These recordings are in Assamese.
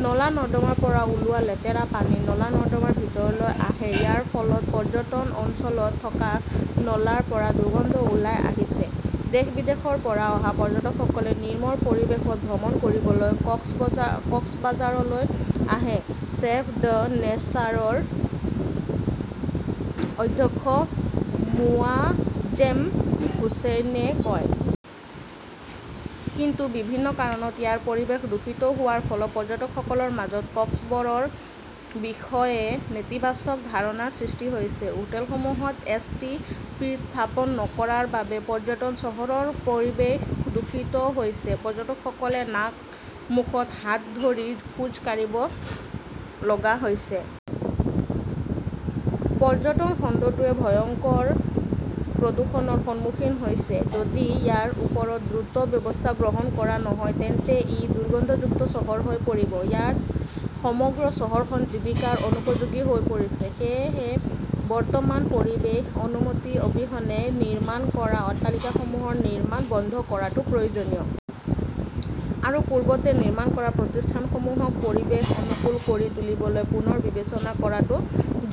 নলা-নৰ্দমাৰ পৰা ওলোৱা লেতেৰা পানী নলা-নৰ্দমাৰ ভিতৰলৈ আহে। ইয়াৰ ফলত পৰ্যটন অঞ্চলত থকা নলাৰ পৰা দুৰ্গন্ধ ওলাই আহিছে। দেশ-বিদেশৰ পৰা অহা পৰ্যটকসকলে নিৰ্মল পৰিৱেশত ভ্ৰমণ কৰিবলৈ কক্সবাজাৰলৈ আহে, চেভ দ্য নেচাৰৰ অধ্যক্ষ মোয়াজ্জেম হোছেইনে কয়। কিন্তু বিভিন্ন কাৰণত ইয়াৰ পৰিৱেশ দূষিত হোৱাৰ ফলত পৰ্যটকসকলৰ মাজত কক্সবৰৰ বিষয়ে নেতিবাচক ধাৰণাৰ সৃষ্টি হৈছে। হোটেলসমূহত এছ. টি. পি. স্থাপন নকৰাৰ বাবে পৰ্যটন চহৰৰ পৰিৱেশ দূষিত হৈছে। পৰ্যটকসকলে নাক-মুখত হাত ধৰি খোজ কাঢ়িব লগা হৈছে। পৰ্যটন খণ্ডটোৱে ভয়ংকৰ প্ৰদূষণৰ সন্মুখীন হৈছে। যদি ইয়াৰ ওপৰত দ্ৰুত ব্যৱস্থা গ্ৰহণ কৰা নহয় তেন্তে ই দুৰ্গন্ধযুক্ত চহৰ হৈ পৰিব। ইয়াত সমগ্ৰ চহৰখন জীৱিকাৰ অনুপযোগী হৈ পৰিছে। সেয়েহে, বৰ্তমান পৰিৱেশ অনুমতি অবিহনে নিৰ্মাণ কৰা অট্টালিকাসমূহৰ নিৰ্মাণ বন্ধ কৰাটো প্ৰয়োজনীয়। আৰু পূৰ্বতে নিৰ্মাণ কৰা প্ৰতিষ্ঠানসমূহক পৰিৱেশ অনুকূল কৰি তুলিবলৈ পুনৰ বিবেচনা কৰাটো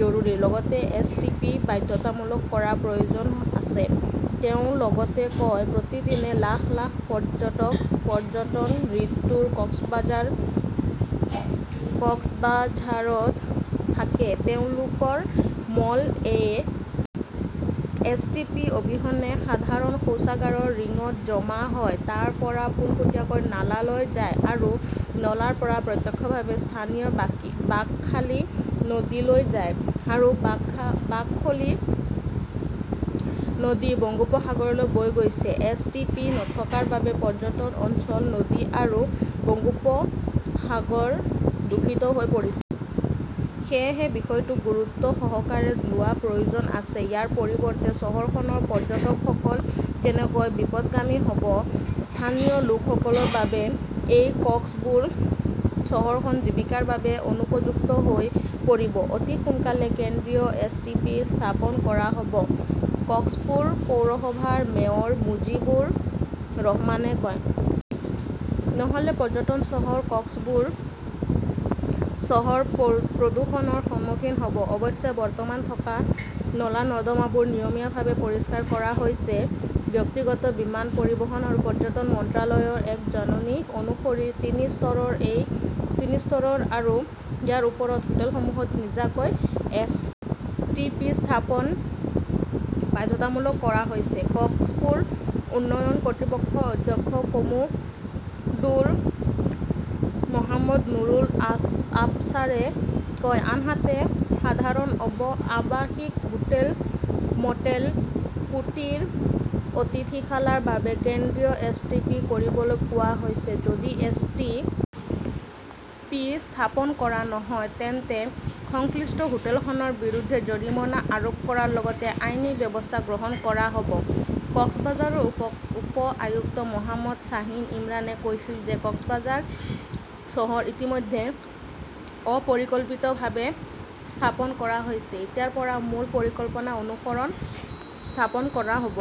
জৰুৰী। লগতে এছ. টি. পি. বাধ্যতামূলক কৰাৰ প্ৰয়োজন আছে। তেওঁ লগতে কয়, প্ৰতিদিনে লাখ লাখ পৰ্যটক পৰ্যটন ঋতুত কক্সবাঝাৰত থাকে। তেওঁলোকৰ মল এ. এছ. টি. পি. অবিহনে সাধাৰণ শৌচাগাৰৰ ৰিঙত জমা হয়। তাৰ পৰা পোনপটীয়াকৈ নালালৈ যায়। আৰু নলাৰ পৰা প্ৰত্যক্ষভাৱে স্থানীয় বাঁকখালী নদীলৈ যায়। আৰু বাকখলী নদী বংগোপসাগৰলৈ বৈ গৈছে। এছ. টি. পি. নথকাৰ বাবে পৰ্যটন, অঞ্চল, নদী আৰু বংগোপসাগৰ দূষিত হৈ পৰিছে। সেয়েহে বিষয়টো গুৰুত্বসহকাৰে লোৱাৰ প্ৰয়োজন আছে। ইয়াৰ পৰিৱৰ্তে, চহৰখনৰ পৰ্যটকসকল যেনেকৈ বিপথগামী হ'ব, স্থানীয় লোকসকলৰ বাবে এই কক্সবুৰ চহৰখন জীৱিকাৰ বাবে অনুপযুক্ত হৈ পৰিব। অতি সোনকালেই কেন্দ্ৰীয় এছ. টি. পি. স্থাপন কৰা হ'ব, কক্সপুৰ পৌৰসভাৰ মেয়ৰ মুজিবুৰ ৰহমানে কয়। নহ'লে পৰ্যটন চহৰ কক্সবুৰ চহৰ প্ৰদূষণৰ সন্মুখীন হ'ব। অৱশ্যে, বৰ্তমান থকা নলা-নৰ্দমাবোৰ নিয়মীয়াভাৱে পৰিষ্কাৰ কৰা হৈছে। ব্যক্তিগত বিমান পৰিবহণ আৰু পৰ্যটন মন্ত্ৰালয়ৰ এক জাননী অনুসৰি তিনি স্তৰৰ আৰু ইয়াৰ ওপৰৰ হোটেলসমূহত নিজাকৈ এছ. টি. পি. স্থাপন বাধ্যতামূলক কৰা হৈছে, কক্সপুৰ উন্নয়ন কৰ্তৃপক্ষৰ অধ্যক্ষ কমোডোৰ মহম্মদ নুৰুল আবচাৰে কয়। আনহাতে, সাধাৰণ আৱাসিক হোটেল, মটেল, কুটিৰ, অতিথিশালাৰ বাবে কেন্দ্ৰীয় এছ. টি. পি. কৰিবলৈ কোৱা হৈছে। যদি এছ. টি. পি. স্থাপন কৰা নহয়, তেন্তে সংশ্লিষ্ট হোটেলখনৰ বিৰুদ্ধে জৰিমনা আৰোপ কৰাৰ লগতে আইনী ব্যৱস্থা গ্ৰহণ কৰা হ 'ব। কক্সবাজাৰৰ উপ-আয়ুক্ত মহম্মদ শ্বাহিন ইমৰানে কৈছিল যে কক্সবাজাৰ চহৰ ইতিমধ্যে অপৰিকল্পিতভাৱে স্থাপন কৰা হৈছে। এতিয়াৰ পৰা মূল পৰিকল্পনা অনুসৰি স্থাপন কৰা হ'ব।